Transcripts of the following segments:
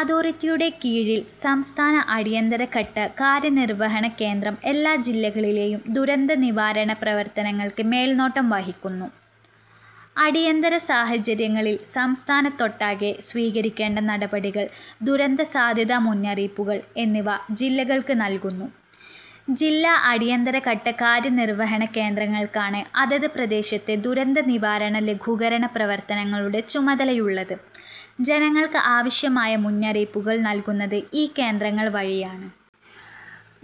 അതോറിറ്റിയുടെ കീഴിൽ സംസ്ഥാന അടിയന്തരഘട്ട കാര്യനിർവഹണ കേന്ദ്രം എല്ലാ ജില്ലകളിലെയും ദുരന്തനിവാരണ പ്രവർത്തനങ്ങൾക്ക് മേൽനോട്ടം വഹിക്കുന്നു. അടിയന്തര സാഹചര്യങ്ങളിൽ സംസ്ഥാനത്തൊട്ടാകെ സ്വീകരിക്കേണ്ട നടപടികൾ, ദുരന്തസാധ്യതാ മുന്നറിയിപ്പുകൾ എന്നിവ ജില്ലകൾക്ക് നൽകുന്നു. ജില്ലാ അടിയന്തരഘട്ട കാര്യനിർവഹണ കേന്ദ്രങ്ങൾക്കാണ് അതത് പ്രദേശത്തെ ദുരന്തനിവാരണ ലഘൂകരണ പ്രവർത്തനങ്ങളുടെ ചുമതലയുള്ളത്. ജനങ്ങൾക്ക് ആവശ്യമായ മുന്നറിയിപ്പുകൾ നൽകുന്നത് ഈ കേന്ദ്രങ്ങൾ വഴിയാണ്.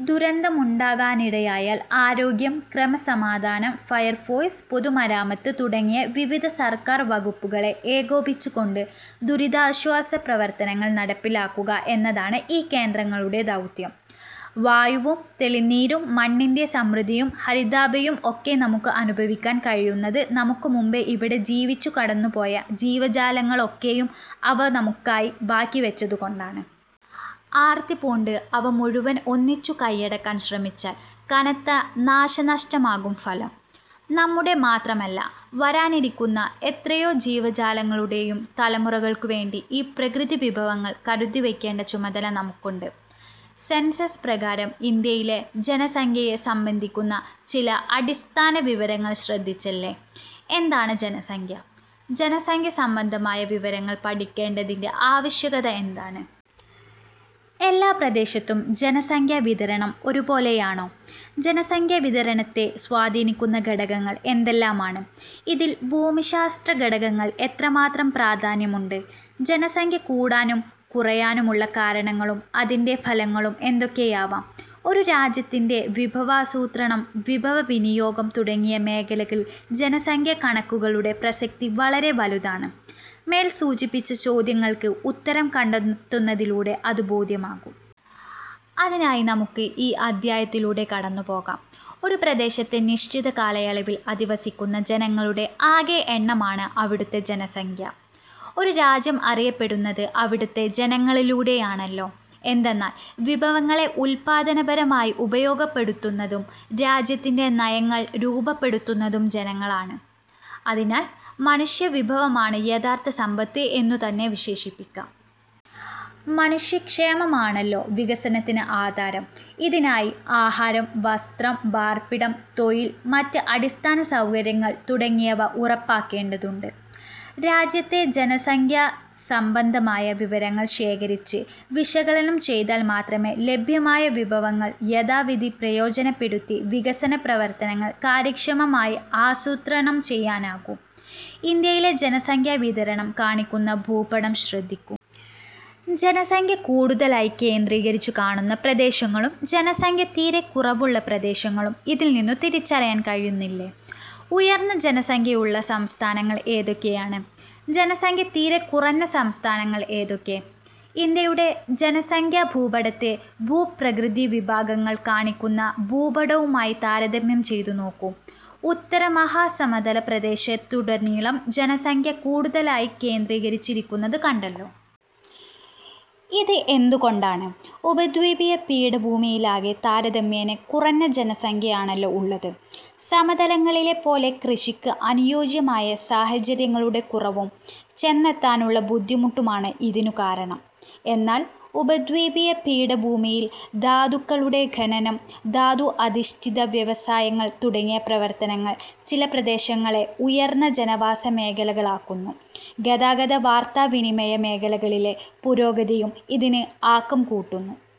ദുരന്തമുണ്ടാകാനിടയായാൽ ആരോഗ്യം, ക്രമസമാധാനം, ഫയർഫോഴ്സ്, പൊതുമരാമത്ത് തുടങ്ങിയ വിവിധ സർക്കാർ വകുപ്പുകളെ ഏകോപിപ്പിച്ചുകൊണ്ട് ദുരിതാശ്വാസ പ്രവർത്തനങ്ങൾ നടപ്പിലാക്കുക എന്നതാണ് ഈ കേന്ദ്രങ്ങളുടെ ദൗത്യം. വായുവും തെളിനീരും മണ്ണിന്റെ സമൃദ്ധിയും ഹരിതാഭയും ഒക്കെ നമുക്ക് അനുഭവിക്കാൻ കഴിയുന്നത് നമുക്കു മുമ്പേ ഇവിടെ ജീവിച്ചു കടന്നുപോയ ജീവജാലങ്ങളൊക്കെയും അവ നമുക്കായി ബാക്കിവച്ചതുകൊണ്ടാണ്. ആർത്തിപൂണ്ട് അവ മുഴുവൻ ഒന്നിച്ചു കൈയടക്കാൻ ശ്രമിച്ചാൽ കനത്ത നാശനഷ്ടമാകും ഫലം. നമ്മുടെ മാത്രമല്ല, വരാനിരിക്കുന്ന എത്രയോ ജീവജാലങ്ങളുടെയും തലമുറകൾക്കുവേണ്ടി ഈ പ്രകൃതിവിഭവങ്ങൾ കരുതിവയ്ക്കേണ്ട ചുമതല നമുക്കുണ്ട്. സെൻസസ് പ്രകാരം, ഇന്ത്യയിലെ ജനസംഖ്യയെ സംബന്ധിക്കുന്ന ചില അടിസ്ഥാനവിവരങ്ങൾ ശ്രദ്ധിച്ചില്ലേ. എന്താണ് ജനസംഖ്യ? ജനസംഖ്യ സംബന്ധമായ വിവരങ്ങൾ പഠിക്കേണ്ടതിന്റെ ആവശ്യകത എന്താണ്? എല്ലാ പ്രദേശത്തും ജനസംഖ്യാവിതരണം ഒരുപോലെയാണോ? ജനസംഖ്യാവിതരണത്തെ സ്വാധീനിക്കുന്ന ഘടകങ്ങൾ എന്തെല്ലാമാണ്? ഇതിൽ ഭൂമിശാസ്ത്ര ഘടകങ്ങൾക്ക് എത്രമാത്രം പ്രാധാന്യമുണ്ട്? ജനസംഖ്യ കൂടാനും കുറയാനുമുള്ള കാരണങ്ങളും അതിന്റെ ഫലങ്ങളും എന്തൊക്കെയാവാം? ഒരു രാജ്യത്തിന്റെ വിഭവാസൂത്രണം, വിഭവവിനിയോഗം തുടങ്ങിയ മേഖലകളിൽ ജനസംഖ്യാകണക്കുകളുടെ പ്രസക്തി വളരെ വലുതാണ്. മേൽ സൂചിപ്പിച്ച ചോദ്യങ്ങൾക്ക് ഉത്തരം കണ്ടെത്തുന്നതിലൂടെ അത് ബോധ്യമാകും. അതിനായി നമുക്ക് ഈ അധ്യായത്തിലൂടെ കടന്നുപോകാം. ഒരു പ്രദേശത്ത് നിശ്ചിത കാലയളവിൽ അധിവസിക്കുന്ന ജനങ്ങളുടെ ആകെ എണ്ണമാണ് അവിടത്തെ ജനസംഖ്യ. ഒരു രാജ്യം അറിയപ്പെടുന്നത് അവിടത്തെ ജനങ്ങളിലൂടെയാണല്ലോ. എന്തെന്നാൽ, വിഭവങ്ങളെ ഉൽപ്പാദനപരമായി ഉപയോഗപ്പെടുത്തുന്നതും രാജ്യത്തിന്റെ നയങ്ങൾ രൂപപ്പെടുത്തുന്നതും ജനങ്ങളാണ്. അതിനാൽ മനുഷ്യവിഭവമാണ് യഥാർഥ സമ്പത്ത് എന്നുതന്നെ വിശേഷിപ്പിക്കാം. മനുഷ്യക്ഷേമമാണല്ലോ വികസനത്തിന് ആധാരം. ഇതിനായി ആഹാരം, വസ്ത്രം, പാർപ്പിടം. തൊഴിൽ, മറ്റ് അടിസ്ഥാനസൗകര്യങ്ങൾ തുടങ്ങിയവ ഉറപ്പാക്കേണ്ടതുണ്ട്. രാജ്യത്തെ ജനസംഖ്യാസംബന്ധമായ വിവരങ്ങൾ ശേഖരിച്ച് വിശകലനം ചെയ്താൽ മാത്രമേ ലഭ്യമായ വിഭവങ്ങൾ യഥാവിധി പ്രയോജനപ്പെടുത്തി വികസന പ്രവർത്തനങ്ങൾ കാര്യക്ഷമമായി ആസൂത്രണം ചെയ്യാനാകൂ. ഇന്ത്യയിലെ ജനസംഖ്യാവിതരണം കാണിക്കുന്ന ഭൂപടം ശ്രദ്ധിക്കു. ജനസംഖ്യ കൂടുതലായി കേന്ദ്രീകരിച്ചു കാണുന്ന പ്രദേശങ്ങളും ജനസംഖ്യ തീരെ കുറവുള്ള പ്രദേശങ്ങളും ഇതിൽനിന്നു തിരിച്ചറിയാൻ കഴിയുന്നില്ലേ? ഉയർന്ന ജനസംഖ്യയുള്ള സംസ്ഥാനങ്ങൾ ഏതൊക്കെയാണ്? ജനസംഖ്യ തീരെ കുറഞ്ഞ സംസ്ഥാനങ്ങൾ ഏതൊക്കെ? ഇന്ത്യയുടെ ജനസംഖ്യാഭൂപടത്തെ ഭൂപ്രകൃതി വിഭാഗങ്ങൾ കാണിക്കുന്ന ഭൂപടവുമായി താരതമ്യം ചെയ്തുനോക്കൂ. ഉത്തരമഹാസമതല പ്രദേശത്തുടനീളം ജനസംഖ്യ കൂടുതലായി കേന്ദ്രീകരിച്ചിരിക്കുന്നതു കണ്ടല്ലോ. ഇത് എന്തുകൊണ്ടാണ്? ഉപദ്വീപിയ പീഠഭൂമിയിലാകെ താരതമ്യേന കുറഞ്ഞ ജനസംഖ്യയാണല്ലോ ഉള്ളത്. സമതലങ്ങളിലെ പോലെ കൃഷിക്ക് അനുയോജ്യമായ സാഹചര്യങ്ങളുടെ കുറവും ചെന്നെത്താനുള്ള ബുദ്ധിമുട്ടുമാണ് ഇതിനു കാരണം. എന്നാൽ ഉപദ്വീപീയ പീഠഭൂമിയിൽ ധാതുക്കളുടെ ഖനനം, ധാതു അധിഷ്ഠിത വ്യവസായങ്ങൾ തുടങ്ങിയ പ്രവർത്തനങ്ങൾ ചില പ്രദേശങ്ങളെ ഉയർന്ന ജനവാസമേഖലകളാക്കുന്നു. ഗതാഗത-വാർത്താവിനിമയ മേഖല കളിലെ പുരോഗതിയും ഇതിന് ആക്കം കൂട്ടുന്നു.